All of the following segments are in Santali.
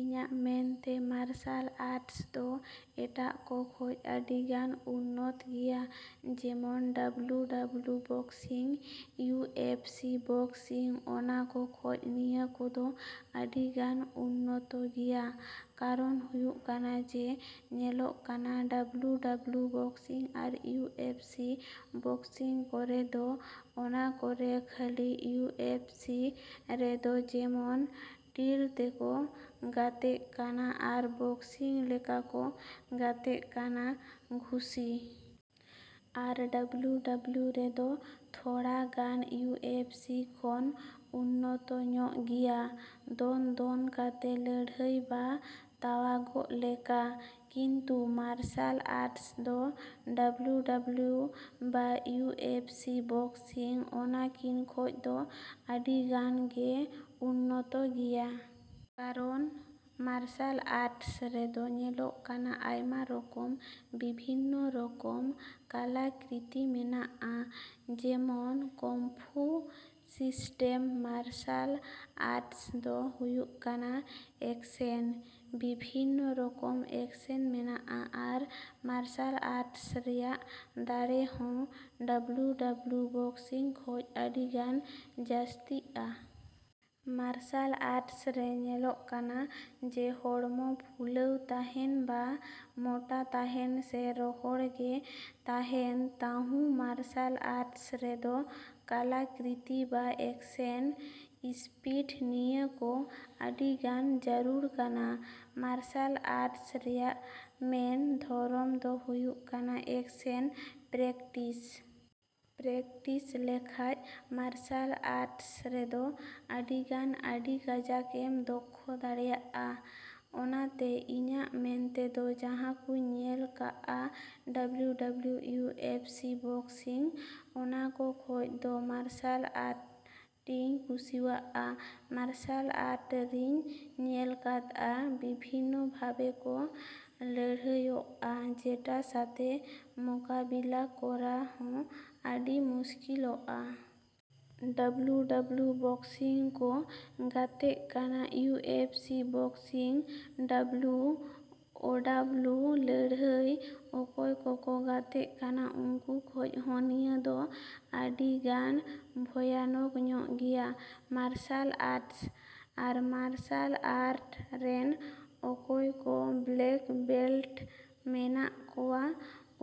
ᱤᱧᱟᱹᱜ ᱢᱮᱱᱛᱮ ᱢᱟᱨᱥᱟᱞ ᱟᱨᱴᱥ ᱫᱚ ᱮᱴᱟᱜ ᱠᱚ ᱠᱷᱚᱡ ᱟᱹᱰᱤᱜᱟᱱ ᱩᱱᱱᱚᱛ ᱜᱮᱭᱟ᱾ ᱡᱮᱢᱚᱱ W W boxing, U F C boxing ᱚᱱᱟ ᱠᱚ ᱠᱷᱚᱡ ᱱᱤᱭᱟᱹ ᱠᱚᱫᱚ ᱟᱹᱰᱤᱜᱟᱱ ᱩᱱᱱᱚᱛᱚ ᱜᱮᱭᱟ᱾ ᱠᱟᱨᱚᱱ ᱦᱩᱭᱩᱜ ᱠᱟᱱᱟ ᱡᱮ ᱧᱮᱞᱚᱜ ᱠᱟᱱᱟ ᱰᱟᱵᱞᱩ ᱰᱟᱵᱞᱩ ᱵᱚᱠᱥᱤᱝ ᱟᱨ ᱤᱭᱩ ᱮᱯᱷ ᱥᱤ ᱵᱚᱠᱥᱤᱝ ᱠᱚᱨᱮ ᱫᱚ ᱚᱱᱟ ᱠᱚᱨᱮ ᱠᱷᱟᱹᱞᱤ ᱤᱭᱩ ᱮᱯᱷ ᱥᱤ ᱨᱮᱫᱚ ᱡᱮᱢᱚᱱ ᱴᱤᱞ ᱛᱮᱠᱚ ᱜᱟᱛᱮᱜ ᱠᱟᱱᱟ, ᱟᱨ ᱵᱚᱠᱥᱤᱝ ᱞᱮᱠᱟ ᱠᱚ ᱜᱟᱛᱮᱜ ᱠᱟᱱᱟ ᱜᱷᱩᱥᱤ᱾ ᱟᱨ ᱰᱟᱵᱞᱩ ᱰᱟᱵᱞᱩ ᱨᱮᱫᱚ ᱛᱷᱚᱲᱟ ᱜᱟᱱ ᱤᱭᱩ ᱮᱯᱷ ᱥᱤ ᱠᱷᱚᱱ ᱩᱱᱱᱚᱛᱚ ᱧᱚᱜ ᱜᱮᱭᱟ ᱫᱚᱱ ᱫᱚᱱ ᱠᱟᱛᱮ ᱞᱟᱹᱲᱦᱟᱹᱭ ᱵᱟ ᱛᱟᱣᱟᱜᱚᱜ ᱞᱮᱠᱟ᱾ ᱠᱤᱱᱛᱩ ᱢᱟᱨᱥᱟᱞ ᱟᱨᱴᱥ ᱫᱚ ᱰᱟᱵᱞᱩ ᱰᱟᱵᱞᱩ ᱵᱟ ᱤᱭᱩ ᱮᱯᱷ ᱥᱤ ᱵᱚᱠᱥᱤᱝ ᱚᱱᱟ ᱠᱤᱱ ᱠᱷᱚᱡ ᱫᱚ ᱟᱹᱰᱤ ᱜᱟᱱ ᱜᱮ ᱩᱱᱱᱚᱛᱚ ᱜᱮᱭᱟ᱾ ᱠᱟᱨᱚᱱ ᱢᱟᱨᱥᱟᱞ ᱟᱨᱴᱥ ᱨᱮᱫᱚ ᱧᱮᱞᱚᱜ ᱠᱟᱱᱟ ᱟᱭᱢᱟ ᱨᱚᱠᱚᱢ ᱵᱤᱵᱷᱤᱱᱱᱚ ᱨᱚᱠᱚᱢ ᱠᱟᱞᱟ ᱠᱨᱤᱛᱤ ᱢᱮᱱᱟᱜᱼᱟ᱾ ᱡᱮᱢᱚᱱ ᱠᱚᱢᱯᱷᱩ ᱥᱤᱥᱴᱮᱢ, ᱢᱟᱨᱥᱟᱞ ᱟᱨᱴᱥ ᱫᱚ ᱦᱩᱭᱩᱜ ᱠᱟᱱᱟ ᱮᱠᱥᱮᱱ᱾ ᱵᱤᱵᱷᱤᱱᱱᱚ ᱨᱚᱠᱚᱢ ᱮᱠᱥᱮᱱ ᱢᱮᱱᱟᱜᱼᱟ, ᱟᱨ ᱢᱟᱨᱥᱟᱞ ᱟᱨᱴᱥ ᱨᱮᱭᱟᱜ ᱫᱟᱲᱮ ᱦᱚᱸ ᱰᱟᱵᱞᱩ ᱰᱟᱵᱞᱩ ᱵᱚᱠᱥᱤᱝ ᱠᱷᱚᱡ ᱟᱹᱰᱤᱜᱟᱱ ᱡᱟᱹᱥᱛᱤᱜᱼᱟ᱾ ᱢᱟᱨᱥᱟᱞ ᱟᱨᱴᱥ ᱨᱮ ᱧᱮᱞᱚᱜ ᱠᱟᱱᱟ ᱡᱮ ᱦᱚᱲᱢᱚ ᱯᱷᱩᱞᱟᱹᱣ ᱛᱟᱦᱮᱱ ᱵᱟ ᱢᱚᱴᱟ ᱛᱟᱦᱮᱱ ᱥᱮ ᱨᱚᱦᱚᱲ ᱜᱮ ᱛᱟᱦᱮᱱ ᱛᱟᱦᱩᱸ ᱢᱟᱨᱥᱟᱞ ᱟᱨᱴᱥ ᱨᱮᱫᱚ ᱠᱟᱞᱟ ᱠᱨᱤᱛᱤ ᱵᱟ ᱮᱠᱥᱮᱱ ᱤᱥᱯᱤᱰ ᱱᱤᱭᱟᱹ ᱠᱚ ᱟᱹᱰᱤᱜᱟᱱ ᱡᱟᱹᱨᱩᱲ ᱠᱟᱱᱟ᱾ ᱢᱟᱨᱥᱟᱞ ᱟᱨᱴᱥ ᱨᱮᱭᱟᱜ ᱢᱮᱱ ᱫᱷᱚᱨᱚᱢ ᱫᱚ ᱦᱩᱭᱩᱜ ᱠᱟᱱᱟ ᱮᱠᱥᱮᱱ ᱯᱨᱮᱠᱴᱤᱥ᱾ ᱯᱨᱮᱠᱴᱤᱥ ᱞᱮᱠᱷᱟᱡ ᱢᱟᱨᱥᱟᱞ ᱟᱨᱴᱥ ᱨᱮᱫᱚ ᱟᱹᱰᱤᱜᱟᱱ ᱟᱹᱰᱤ ᱠᱟᱡᱟᱠᱮᱢ ᱫᱚᱠᱠᱷᱚ ᱫᱟᱲᱮᱭᱟᱜᱼᱟ᱾ ᱚᱱᱟᱛᱮ ᱤᱧᱟᱹᱜ ᱢᱮᱱᱛᱮᱫᱚ ᱡᱟᱦᱟᱸᱠᱩᱧ ᱧᱮᱞ ᱠᱟᱜᱼᱟ W W U F C boxing, ᱚᱱᱟ ᱠᱚ ᱠᱷᱚᱡ ᱫᱚ ᱢᱟᱨᱥᱟᱞ ᱟᱨᱴᱤᱧ ᱠᱩᱥᱤᱣᱟᱜᱼᱟ᱾ ᱢᱟᱨᱥᱟᱞ ᱟᱨᱴᱨᱤᱧ ᱧᱮᱞ ᱠᱟᱫᱼᱟ ᱵᱤᱵᱷᱤᱱᱱᱚ ᱵᱷᱟᱵᱮ ᱠᱚ ᱞᱟᱹᱲᱦᱟᱹᱭᱚᱜᱼᱟ ᱡᱮᱴᱟ ᱥᱟᱛᱮ ᱢᱚᱠᱟᱵᱤᱞᱟ ᱠᱚᱨᱟ ᱦᱚᱸ ᱟᱹᱰᱤ ᱢᱩᱥᱠᱤᱞᱚᱜᱼᱟ᱾ ᱰᱟᱵᱞᱩ ᱰᱟᱵᱞᱩ ᱵᱚᱠᱥᱤᱝ ᱠᱚ ᱜᱟᱛᱮᱜ ᱠᱟᱱᱟ, U F C boxing, W O W ᱞᱟᱹᱲᱦᱟᱹᱭ ᱚᱠᱚᱭ ᱠᱚᱠᱚ ᱜᱟᱛᱮᱜ ᱠᱟᱱᱟ ᱩᱱᱠᱩ ᱠᱷᱚᱡ ᱦᱚᱸ ᱱᱤᱭᱟᱹ ᱫᱚ ᱟᱹᱰᱤ ᱜᱟᱱ ᱵᱷᱚᱭᱟᱱᱚᱠ ᱧᱚᱜ ᱜᱮᱭᱟ ᱢᱟᱨᱥᱟᱞ ᱟᱨᱴᱥ᱾ ᱟᱨ ᱢᱟᱨᱥᱟᱞ ᱟᱨᱴ ᱨᱮᱱ ᱚᱠᱚᱭ ᱠᱚ ᱵᱞᱮᱠ ᱵᱮᱞᱴ ᱢᱮᱱᱟᱜ ᱠᱚᱣᱟ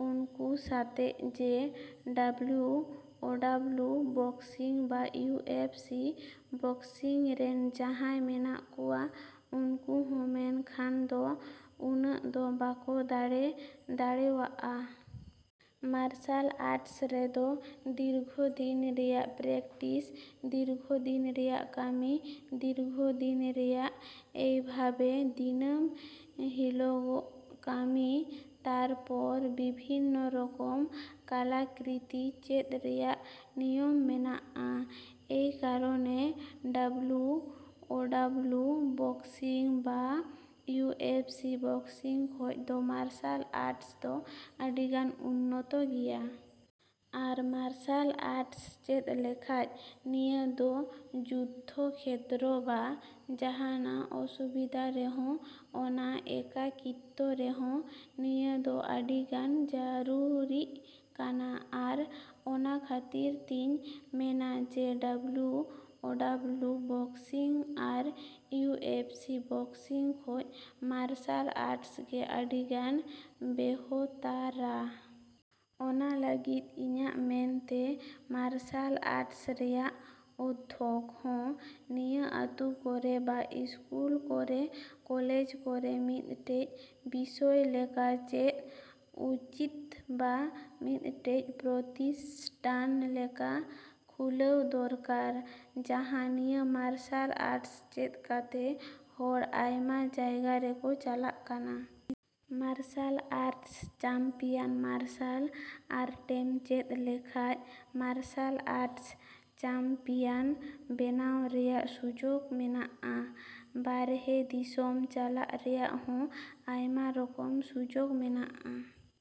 ᱩᱱᱠᱩ ᱥᱟᱛᱮᱜ ᱡᱮ ᱰᱟᱵᱞᱩ ᱳᱰᱟᱵᱞᱩ ᱵᱚᱠᱥᱤᱝ ᱵᱟ ᱤᱭᱩ ᱮᱯᱷ ᱥᱤ ᱵᱚᱠᱥᱤᱝ ᱨᱮᱱ ᱡᱟᱦᱟᱸᱭ ᱢᱮᱱᱟᱜ ᱠᱚᱣᱟ ᱩᱱᱠᱩ ᱦᱚᱸ ᱢᱮᱱᱠᱷᱟᱱ ᱫᱚ ᱩᱱᱟᱹᱜ ᱫᱚ ᱵᱟᱠᱚ ᱫᱟᱲᱮ ᱫᱟᱲᱮᱣᱟᱜᱼᱟ᱾ ᱢᱟᱨᱥᱟᱞ ᱟᱨᱴᱥ ᱨᱮᱫᱚ ᱫᱤᱨᱜᱷᱚᱫᱤᱱ ᱨᱮᱭᱟᱜ ᱯᱨᱮᱠᱴᱤᱥ, ᱫᱤᱨᱜᱷᱚ ᱫᱤᱱ ᱨᱮᱭᱟᱜ ᱠᱟᱹᱢᱤ, ᱫᱤᱨᱜᱷᱚ ᱫᱤᱱ ᱨᱮᱭᱟᱜ ᱮᱭᱵᱷᱟᱵᱮ ᱫᱤᱱᱟᱹᱢ ᱦᱤᱞᱳᱚᱜ ᱠᱟᱹᱢᱤ, ᱛᱟᱨᱯᱚᱨ ᱵᱤᱵᱷᱤᱱᱚ ᱨᱚᱠᱚᱢ ᱠᱟᱞᱟ ᱠᱨᱤᱛᱤ ᱪᱮᱫ ᱨᱮᱭᱟᱜ ᱱᱤᱭᱚᱢ ᱢᱮᱱᱟᱜᱼᱟ᱾ ᱮᱭ ᱠᱟᱨᱚᱱᱮ ᱰᱟᱵᱞᱩ ᱳᱰᱟᱵᱞᱩ ᱵᱚᱠᱥᱤᱝ ᱵᱟ ᱤᱭᱩ ᱮᱯᱷ ᱥᱤ ᱵᱚᱠᱥᱤᱝ ᱠᱷᱚᱡ ᱫᱚ ᱢᱟᱨᱥᱟᱞ ᱟᱨᱴᱥ ᱫᱚ ᱟᱹᱰᱤᱜᱟᱱ ᱩᱱᱱᱚᱛᱚ ᱜᱮᱭᱟ᱾ ᱟᱨ ᱢᱟᱨᱥᱟᱞ ᱟᱨᱴᱥ ᱪᱮᱫ ᱞᱮᱠᱷᱟᱡ ᱱᱤᱭᱟᱹ ᱫᱚ ᱡᱩᱫᱽᱫᱷᱚ ᱠᱷᱮᱛᱨᱚ ᱵᱟ ᱡᱟᱦᱟᱱᱟᱜ ᱚᱥᱩᱵᱤᱫᱟ ᱨᱮᱦᱚᱸ, ᱚᱱᱟ ᱮᱠᱟᱠᱤᱛᱛᱚ ᱨᱮᱦᱚᱸ ᱱᱤᱭᱟᱹ ᱫᱚ ᱟᱹᱰᱤᱜᱟᱱ ᱡᱟᱹᱨᱩᱨᱤᱜ ᱠᱟᱱᱟ᱾ ᱟᱨ ᱚᱱᱟ ᱠᱷᱟᱹᱛᱤᱨ ᱛᱤᱧ ᱢᱮᱱᱟ ᱡᱮ ᱰᱟᱵᱞᱩ ᱳᱰᱟᱵᱞᱩ ᱵᱚᱠᱥᱤᱝ ᱟᱨ ᱤᱭᱩ ᱮᱯᱷ ᱥᱤ ᱵᱚᱠᱥᱤᱝ ᱠᱷᱚᱡ ᱢᱟᱨᱥᱟᱞ ᱟᱨᱴᱥ ᱜᱮ ᱟᱹᱰᱤ ᱜᱟᱱ ᱵᱮᱦᱛᱟᱨᱟ᱾ ᱚᱱᱟ ᱞᱟᱹᱜᱤᱫ ᱤᱧᱟᱹᱜ ᱢᱮᱱᱛᱮ ᱢᱟᱨᱥᱟᱞ ᱟᱨᱴᱥ ᱨᱮᱭᱟᱜ ᱩᱫᱽᱫᱳᱜᱽ ᱦᱚᱸ ᱱᱤᱭᱟᱹ ᱟᱛᱳ ᱠᱚᱨᱮ ᱵᱟ ᱤᱥᱠᱩᱞ ᱠᱚᱨᱮ, ᱠᱚᱞᱮᱡᱽ ᱠᱚᱨᱮ ᱢᱤᱫᱴᱮᱡ ᱵᱤᱥᱚᱭ ᱞᱮᱠᱟ ᱪᱮᱫ ᱩᱪᱤᱛ ᱵᱟ ᱢᱤᱫᱴᱮᱡ ᱯᱨᱚᱛᱤᱥᱴᱷᱟᱱ ᱞᱮᱠᱟ ᱠᱷᱩᱞᱟᱹᱣ ᱫᱚᱨᱠᱟᱨ᱾ ᱡᱟᱦᱟᱸ ᱱᱤᱭᱟᱹ ᱢᱟᱨᱥᱟᱞ ᱟᱨᱴᱥ ᱪᱮᱫ ᱠᱟᱛᱮ ᱦᱚᱲ ᱟᱭᱢᱟ ᱡᱟᱭᱜᱟ ᱨᱚᱠᱚ ᱪᱟᱞᱟᱜ ᱠᱟᱱᱟ᱾ ᱢᱟᱨᱥᱟᱞ ᱟᱨᱴᱥ ᱪᱟᱢᱯᱤᱭᱟᱱ, ᱢᱟᱨᱥᱟᱞ ᱟᱨᱴᱮᱢ ᱪᱮᱫ ᱞᱮᱠᱷᱟᱡ ᱢᱟᱨᱥᱟᱞ ᱟᱨᱴᱥ ᱪᱟᱢᱯᱤᱭᱟᱱ ᱵᱮᱱᱟᱣ ᱨᱮᱭᱟᱜ ᱥᱩᱡᱳᱜᱽ ᱢᱮᱱᱟᱜᱼᱟ᱾ ᱵᱟᱨᱦᱮ ᱫᱤᱥᱚᱢ ᱪᱟᱞᱟᱜ ᱨᱮᱭᱟᱜ ᱦᱚᱸ ᱟᱭᱢᱟ ᱨᱚᱠᱚᱢ ᱥᱩᱡᱳᱜᱽ ᱢᱮᱱᱟᱜᱼᱟ᱾